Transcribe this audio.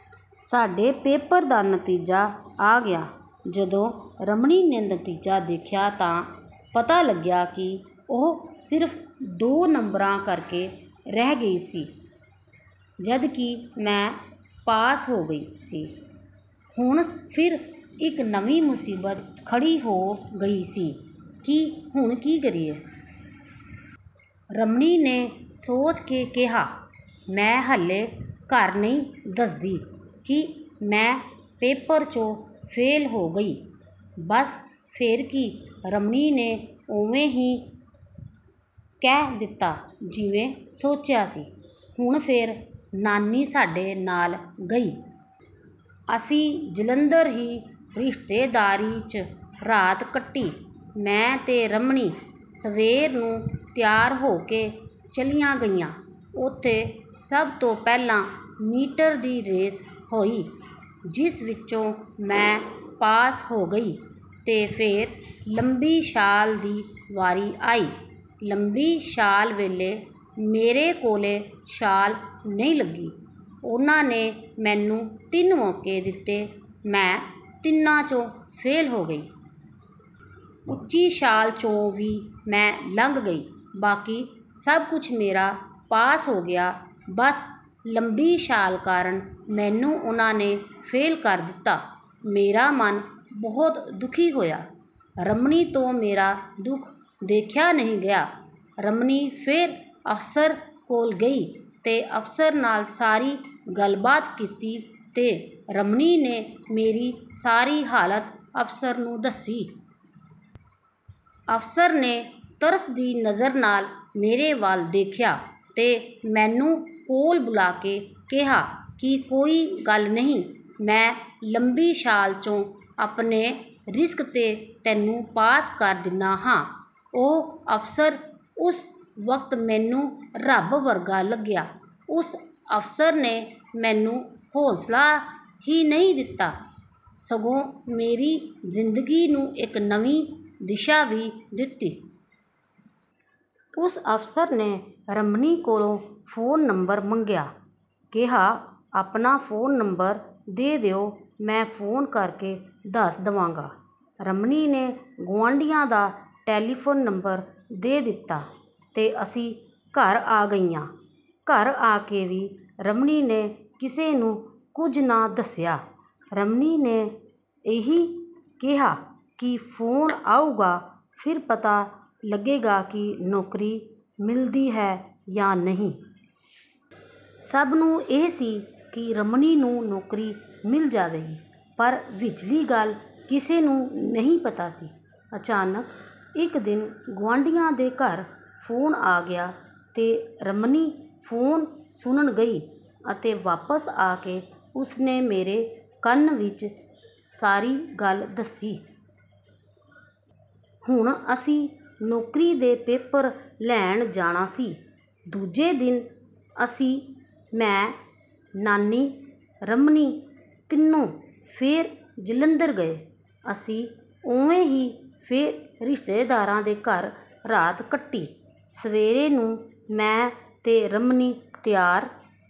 ਸਾਡੇ ਪੇਪਰ ਦਾ ਨਤੀਜਾ ਆ ਗਿਆ, ਜਦੋਂ ਰਮਨੀ ਨੇ ਨਤੀਜਾ ਦੇਖਿਆ ਤਾਂ ਪਤਾ ਲੱਗਿਆ ਕਿ ਉਹ ਸਿਰਫ਼ ਦੋ ਨੰਬਰਾਂ ਕਰਕੇ ਰਹਿ ਗਈ ਸੀ, ਜਦਕਿ ਮੈਂ ਪਾਸ ਹੋ ਗਈ ਸੀ। ਹੁਣ ਫਿਰ ਇੱਕ ਨਵੀਂ ਮੁਸੀਬਤ ਖੜੀ ਹੋ ਗਈ ਸੀ ਕਿ ਹੁਣ ਕੀ ਕਰੀਏ? ਰਮਨੀ ਨੇ ਸੋਚ ਕੇ ਕਿਹਾ, ਮੈਂ ਹਾਲੇ ਘਰ ਨਹੀਂ ਦੱਸਦੀ ਕਿ ਮੈਂ ਪੇਪਰ ਚੋਂ ਫੇਲ੍ਹ ਹੋ ਗਈ, ਬਸ ਫੇਰ ਕੀ ਰਮਨੀ ਨੇ ਉਵੇਂ ਹੀ ਕਹਿ ਦਿੱਤਾ ਜਿਵੇਂ ਸੋਚਿਆ ਸੀ, ਹੁਣ ਫੇਰ ਨਾਨੀ ਸਾਡੇ ਨਾਲ ਗਈ। ਅਸੀਂ ਜਲੰਧਰ ਹੀ ਰਿਸ਼ਤੇਦਾਰੀ 'ਚ ਰਾਤ ਕੱਟੀ, ਮੈਂ ਤੇ ਰਮਨੀ ਸਵੇਰ ਨੂੰ ਤਿਆਰ ਹੋ ਕੇ ਚਲੀਆਂ ਗਈਆਂ, ਉੱਥੇ ਸਭ ਤੋਂ ਪਹਿਲਾਂ ਮੀਟਰ ਦੀ ਰੇਸ ਹੋਈ, ਜਿਸ ਵਿੱਚੋਂ ਮੈਂ ਪਾਸ ਹੋ ਗਈ। ਤੇ ਫੇਰ ਲੰਬੀ ਸਾ਼ਲ ਦੀ ਵਾਰੀ ਆਈ, ਲੰਬੀ ਸਾ਼ਲ ਵੇਲੇ ਮੇਰੇ ਕੋਲੋਂ ਸਾ਼ਲ ਨਹੀਂ ਲੱਗੀ, ਉਹਨਾਂ ਨੇ ਮੈਨੂੰ ਤਿੰਨ ਮੌਕੇ ਦਿੱਤੇ ਮੈਂ ਤਿੰਨਾਂ ਚੋਂ ਫੇਲ੍ਹ ਹੋ ਗਈ। ਉੱਚੀ ਸਾ਼ਲ ਚੋਂ ਵੀ ਮੈਂ ਲੰਘ ਗਈ, ਬਾਕੀ ਸਭ ਕੁਝ ਮੇਰਾ ਪਾਸ ਹੋ ਗਿਆ, ਬਸ ਲੰਬੀ ਸਾ਼ਲ ਕਾਰਨ ਮੈਨੂੰ ਉਹਨਾਂ ਨੇ ਫੇਲ ਕਰ ਦਿੱਤਾ। ਮੇਰਾ ਮਨ ਬਹੁਤ ਦੁੱਖੀ ਹੋਇਆ, ਰਮਨੀ ਤੋਂ ਮੇਰਾ ਦੁੱਖ ਦੇਖਿਆ ਨਹੀਂ ਗਿਆ, ਰਮਨੀ ਫੇਰ ਅਫਸਰ ਕੋਲ ਗਈ ਤੇ ਅਫਸਰ ਨਾਲ ਸਾਰੀ ਗੱਲਬਾਤ ਕੀਤੀ ਤੇ ਰਮਨੀ ਨੇ ਮੇਰੀ ਸਾਰੀ ਹਾਲਤ ਅਫਸਰ ਨੂੰ ਦੱਸੀ। ਅਫਸਰ ਨੇ ਤਰਸ ਦੀ ਨਜ਼ਰ ਨਾਲ ਮੇਰੇ ਵੱਲ ਦੇਖਿਆ ਤੇ ਮੈਨੂੰ ਕੋਲ ਬੁਲਾ ਕੇ ਕਿਹਾ ਕਿ ਕੋਈ ਗੱਲ ਨਹੀਂ ਮੈਂ ਲੰਬੀ ਸਾ਼ਲ ਚੋਂ ਆਪਣੇ ਰਿਸਕ ਤੇ ਤੈਨੂੰ ਪਾਸ ਕਰ ਦਿੰਦਾ ਹਾਂ, ਉਹ ਅਫਸਰ ਉਸ ਵਕਤ ਮੈਨੂੰ ਰੱਬ ਵਰਗਾ ਲੱਗਿਆ, ਉਸ ਅਫਸਰ ਨੇ ਮੈਨੂੰ ਹੌਸਲਾ ਹੀ ਨਹੀਂ ਦਿੱਤਾ, ਸਗੋਂ ਮੇਰੀ ਜ਼ਿੰਦਗੀ ਨੂੰ ਇੱਕ ਨਵੀਂ ਦਿਸ਼ਾ ਵੀ ਦਿੱਤੀ। ਉਸ ਅਫਸਰ ਨੇ ਰਮਨੀ ਕੋਲੋਂ ਫੋਨ ਨੰਬਰ ਮੰਗਿਆਂ ਕਿਹਾ ਆਪਣਾ ਫੋਨ ਨੰਬਰ ਦੇ ਦਿਓ ਮੈਂ ਫੋਨ ਕਰਕੇ ਦੱਸ ਦਵਾਂਗਾ। ਰਮਨੀ ਨੇ ਗੁਆਂਢੀਆਂ ਦਾ ਟੈਲੀਫੋਨ ਨੰਬਰ ਦੇ ਦਿੱਤਾ, ਤੇ ਅਸੀਂ ਘਰ ਆ ਗਈਆਂ। ਘਰ ਆ ਕੇ ਵੀ ਰਮਨੀ ਨੇ ਕਿਸੇ ਨੂੰ ਕੁਝ ਨਾ ਦੱਸਿਆ, ਰਮਨੀ ਨੇ ਇਹੀ ਕਿਹਾ ਕਿ ਫੋਨ ਆਉਗਾ ਫਿਰ ਪਤਾ ਲੱਗੇਗਾ ਕਿ ਨੌਕਰੀ ਮਿਲਦੀ ਹੈ ਜਾਂ ਨਹੀਂ। ਸਭ ਨੂੰ ਇਹ ਸੀ ਕਿ ਰਮਨੀ ਨੂੰ ਨੌਕਰੀ ਮਿਲ ਜਾਵੇਗੀ ਪਰ ਵਿਚਲੀ ਗੱਲ ਕਿਸੇ ਨੂੰ ਨਹੀਂ ਪਤਾ ਸੀ, ਅਚਾਨਕ ਇੱਕ ਦਿਨ ਗੁਆਂਢੀਆਂ ਦੇ ਘਰ ਫੋਨ ਆ ਗਿਆ, ਤੇ ਰਮਨੀ ਫੋਨ ਸੁਣਨ ਗਈ ਅਤੇ ਵਾਪਸ ਆ ਕੇ ਉਸ ਨੇ ਮੇਰੇ ਕੰਨ ਵਿੱਚ ਸਾਰੀ ਗੱਲ ਦੱਸੀ। ਹੁਣ ਅਸੀਂ ਨੌਕਰੀ ਦੇ ਪੇਪਰ ਲੈਣ ਜਾਣਾ ਸੀ, ਦੂਜੇ ਦਿਨ ਅਸੀਂ ਮੈਂ, ਨਾਨੀ, ਰਮਨੀ ਤਿੰਨੋਂ ਫੇਰ ਜਲੰਧਰ ਗਏ, ਅਸੀਂ ਉਵੇਂ ਹੀ ਫੇਰ ਰਿਸ਼ਤੇਦਾਰਾਂ ਦੇ ਘਰ ਰਾਤ ਕੱਟੀ, ਸਵੇਰ ਨੂੰ ਮੈਂ ਤੇ ਰਮਨੀ ਤਿਆਰ